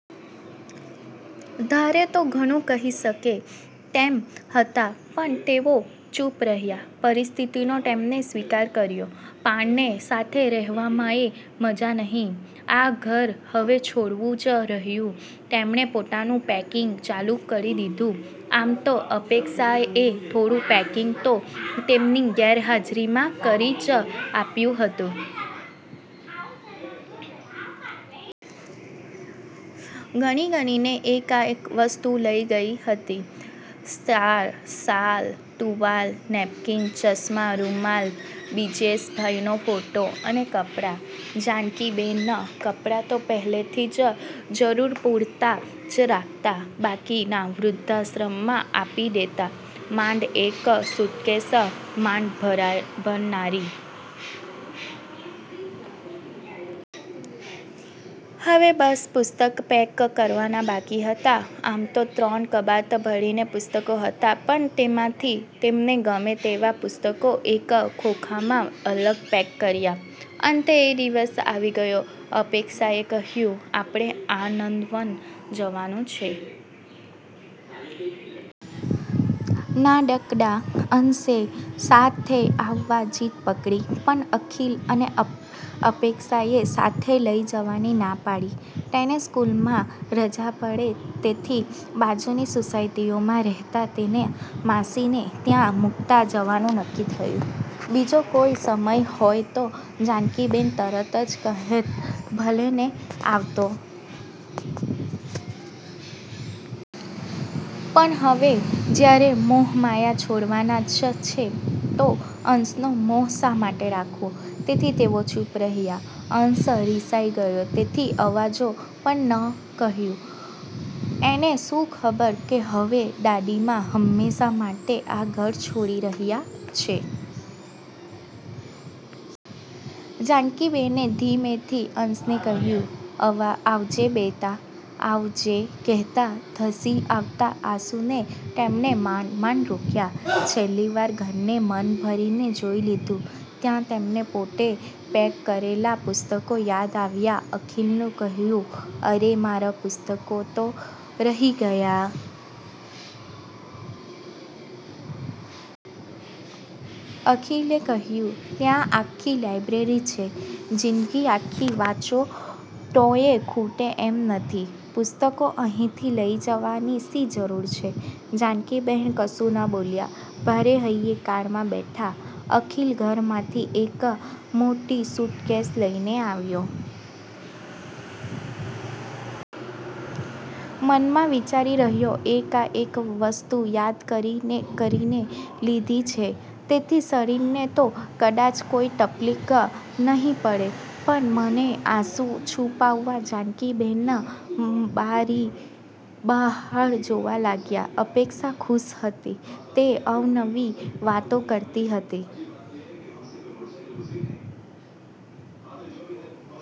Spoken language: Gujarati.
ધારે તો ઘણું કહી શકે તેમ હતા પણ તેઓ ચૂપ રહ્યાં. પરિસ્થિતિનો તેમણે સ્વીકાર કર્યો. પરાણે સાથે રહેવામાંય મજા નહીં. આ ઘર હવે છોડવું જ રહ્યું. તેમણે પોતાનું પેકીંગ ચાલું કરી દીધું. આમ તો અપેક્ષાએ થોડું પેકિંગ તો તેમની ગેરહાજરીમાં કરી જ આપ્યું હતું. ગણી-ગણીને એકેક વસ્તુ લેવાઈ ગઈ હતી. સ્વેટર, શાલ, ટુવાલ, નેપકીન, ચશ્મા, રુમાલ, બ્રીજેશભાઇનો ફોટો, અને કપડાં. જાનકીબેન કપડાં તો પહેલેથી જ જરુર પૂરતા જ રાખતા, બાકીના વૃધ્ધાશ્રમમાં આપી દેતા. માંડ એક સુટ્કેશ માંડ ભરાણી. હવે બસ પુસ્તક પેક કરવાના બાકી હતા. આમ તો ત્રણ કબાટ ભરીને પુસ્તકો હતા, પણ તેમાંથી તેમને ગમે તેવા પુસ્તકો એક ખોખામાં અલગ પેક કર્યાં. અંતે એ દિવસ આવી ગયો. અપેક્ષાએ કહ્યું, "આપણે આનંદવન જવાનું છે." નાનકડા અંશેય સાથે આવવા જીદ પકડી, પણ અખિલ અને અપેક્ષાએ સાથે લઈ જવાની ના પાડી. તેને સ્કૂલમાં રજા પડે તેથી બાજુની સોસાયટીમાં રહેતા તેના માસીને ત્યાં મૂકતા જવાનું નક્કી થયું. બીજો કોઇ સમય હોત તો જાનકીબેન તરત કહેત ભલેને આવતો. પણ હવે જ્યારે મોહ માયા છોડવાના જ છે તો અંશનો મોહ શા માટે રાખવો. તેથી તેઓ ચૂપ રહ્યાં. અંશ રિસાઇ ગયો તેથી આવજો પણ ન કહ્યું. એને શું ખબર કે હવે દાદીમા હંમેશ માટે આ ઘર છોડી રહ્યાં છે. જાનકીબેને ધીમેથી અંશને કહ્યું, "આવજે બેટા." આવજે કહેતા ધસી આવતા આંસુને તેમણે માંડ-માંડ રોક્યા. છેલ્લી વાર ઘરને મન ભરી ને જોઈ લીધું. ત્યાં તેમને પોતે પેક કરેલા પુસ્તકો યાદ અવ્યા. અખિલને કહ્યું, "અરે મારા પુસ્તકો તો રહી ગયા." અખિલે કહ્યું, "ત્યાં આખી લાયબ્રેરી છે. જીંદગી આખી વાંચો તોય ખૂટે એમ નથી. પુસ્તકો અહીંથી લઇ જવાની શી જરુર છે?" જાનકીબેન કશું ન બોલ્યા, ભારે હૈયે કારમાં બેઠા. અખિલ ઘરમાંથી એક મોટી સૂટકેશ લઇ આવ્યો. મનમાં વિચારી રહ્યાં, એક-એક વસ્તુ યાદ કરી-કરીને લીધી છે, તેથી શરીરને તો કદાચ કોઈ તકલીફ નહીં પડે, પણ મનને, આંસું છૂપાવવા જાનકીબેન બારી બહાર જોવા લાગ્યા. અપેક્ષા ખુશ હતી. તે અવનવી વાતો કરતી હતી.